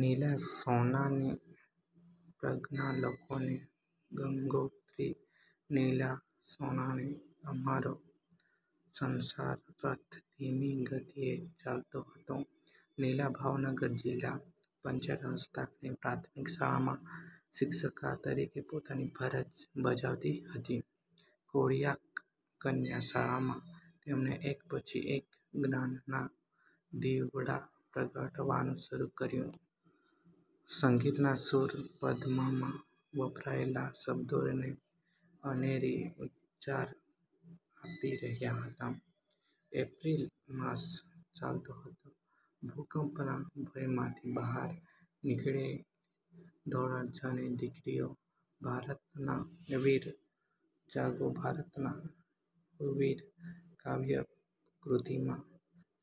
નીલા સોનાણી પ્રજ્ઞાલોકની ગંગોત્રી: નીલા સોનાણી અમારો સંસાર-રથ ધીમી ગતિએ ચાલતો હતો. નીલા ભાવનગર જીલ્લા પંચાયત હસ્તકની પ્રાથમિક શાળામાં શિક્ષિકા તરીકે પોતાની ફરજ બજાવતી હતી. કોળિયાક કન્યા શાળામાં તેમણે એક પછી એક જ્ઞાનના દીવડા પ્રગટવવાનું શરુ કર્યું. સંગીતના સુર પદ્યમાં વપરાયેલા શબ્દોને અનેરી ઉંચાઈ આપી રહ્યા હતા. એપ્રીલ માસ ચાલતો હતો. ભૂકંપના ભયમાંથી બહાર નિકળેલી ધોરણ છ ની દીકરીઓ "ભારતના વીર જાગો, ભારતના હો વીર" કાવ્ય કૄતિના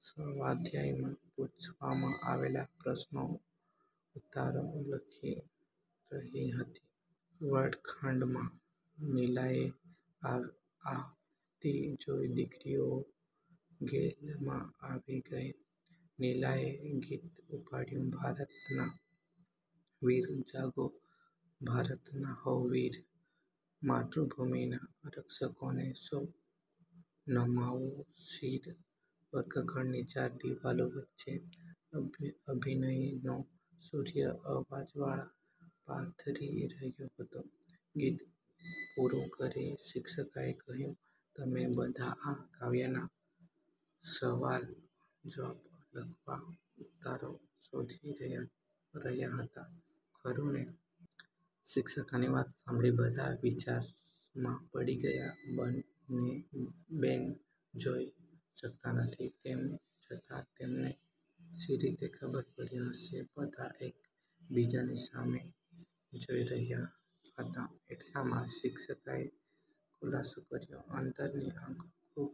સ્વાધ્યાયમાં પૂછવામાં આવેલા પ્રશ્નોના ઉત્તરો લખી રહી હતી. વર્ગ-ખંડમાં નીલાને આવતી જોઈ દીકરીઓ ગેલમાં આવી ગઈ. નીલાએ ગીત ઉપાડ્યું, "ભારતના વીર જાગો, ભારતના હો વીર, માતૄભૂમિના રક્ષકોને સૌ નમાવો શીર" વર્ગખંડની ચાર દિવાલો વચ્ચે અભિનયનો સૂર્ય અજવાળા પાથરી રહ્યો હતો. ગીત પુરું કરી, શિક્ષિકાએ કહ્યું, "તમે બધાં આ કાવ્યના સવાલ જવાબ લખવા ઉત્તરો શોધી રહ્યા હતા, ખરું ને!" શિક્ષિકાની વાત સાંભળી બધાં વિચારમાં પડી ગયા. બેન જોઈ શકતા નથી, તેમ છતાં તેમને શી રીતે ખબર પડી હશે? બધાં એક બીજાની સામે જોઈ રહ્યા હતા. એટલામાં શિક્ષિકાએ ખૂલાસો કર્યો, "અંતરની આંખો ખૂબ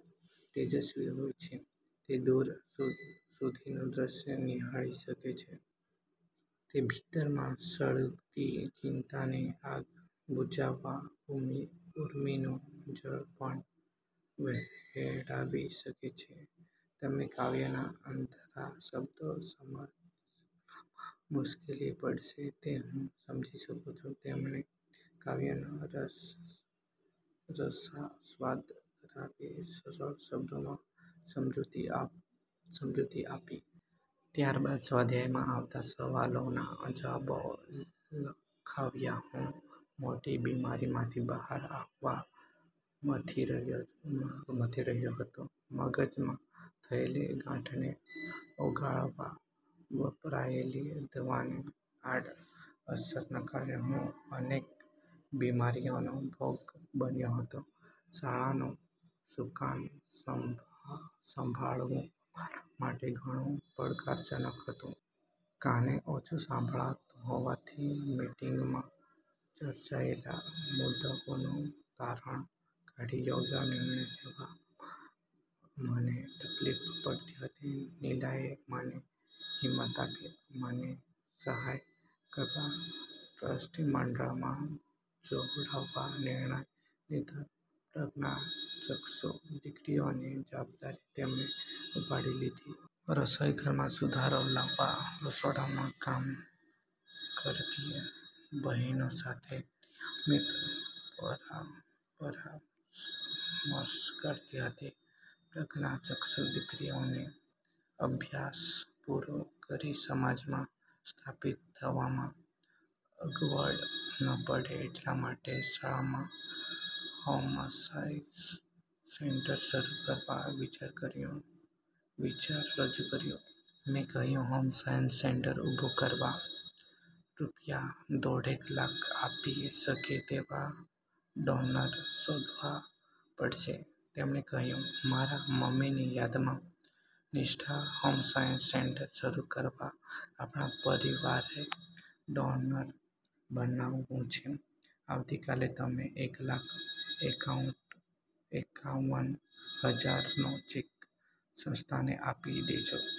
તેજસ્વી હોય છે, તે દૂર સુધીનું દૃશ્ય નિહાળી શકે છે. તે ભીતરમાં સળગતી ચિંતાની આગ બુજાવવા ઉર્મિનું જળ પણ વહેડાવી શકે છે. તમને કાવ્યના અઘરા શબ્દો સમજવામાં મુશ્કેલી પડે છે, તે હું સમજી શકું છું." તેમણે કાવ્યનો રસાસ્વાદ કરાવી સરળ શબ્દોમાં સમજુતિ આપી. ત્યારબાદ સ્વાધ્યાયમાં આવતા સવાલોના જવાબો લખાવ્યા. હું મોટી બીમારીમાંથી બહાર આવવા મથી રહ્યો હતો. મગજમાં થયેલી ગાંઠને ઓગાળવા વપરાયેલી દવાની આડ અસરના કારણે હું અનેક બીમારીઓનો ભોગ બન્યો હતો. શાળાનું સુકાન સંભાળવું મારા માટે ઘણું પડકારજનક હતું. કાને ઓછુ સંભળાતું હોવાથી મિટિંગમાં ચર્ચાયેલા મુદ્દાઓનું તારણ કાઢી યોગ્ય નિર્ણય લેવામાં મને તકલીફ પડતી હતી. નીલાએ મને હિંમત આપી મને સહાય કરવા ટ્રસ્ટીમંડળમાં જોડાવા નિર્ણય લીધો. પ્રજ્ઞાચક્ષુ દીકરીઓની જવાબદારી તેમણે ઉપાડી લીધી. રસોઈઘરમાં સુધારો લાવવા, રસોડામાં કામ કરતી બહેનો સાથે નિયમિત પરામર્શ કરતી હતી. પ્રજ્ઞાચક્ષુ દીકરીઓને અભ્યાસ પુરો કરી સમાજમાં સ્થાપીત થવામાં અગવડ ન પડે એટલા માટે શાળામાં હોમસાયન્સ સેન્ટર શરુ કરવા વિચાર રજુ કર્યો. મેં કહ્યું, "હોમસાયન્સ સેન્ટર ઊભુ કરવા રૂપિયા દોઢેક લાખ આપી શકે તેવા ડોનર શોધવા પડશે." તેમણે કહ્યું, "મારા મમ્મીની યાદમાં "નિષ્ઠા હોમસાયન્સ" સેન્ટર શરુ કરવા આપણા પરિવારે ડોનર બનવાનું છે. આવતી કાલે તમે એક લાખ એકાવન હજારનો ચેક સંસ્થાને આપી દેજો.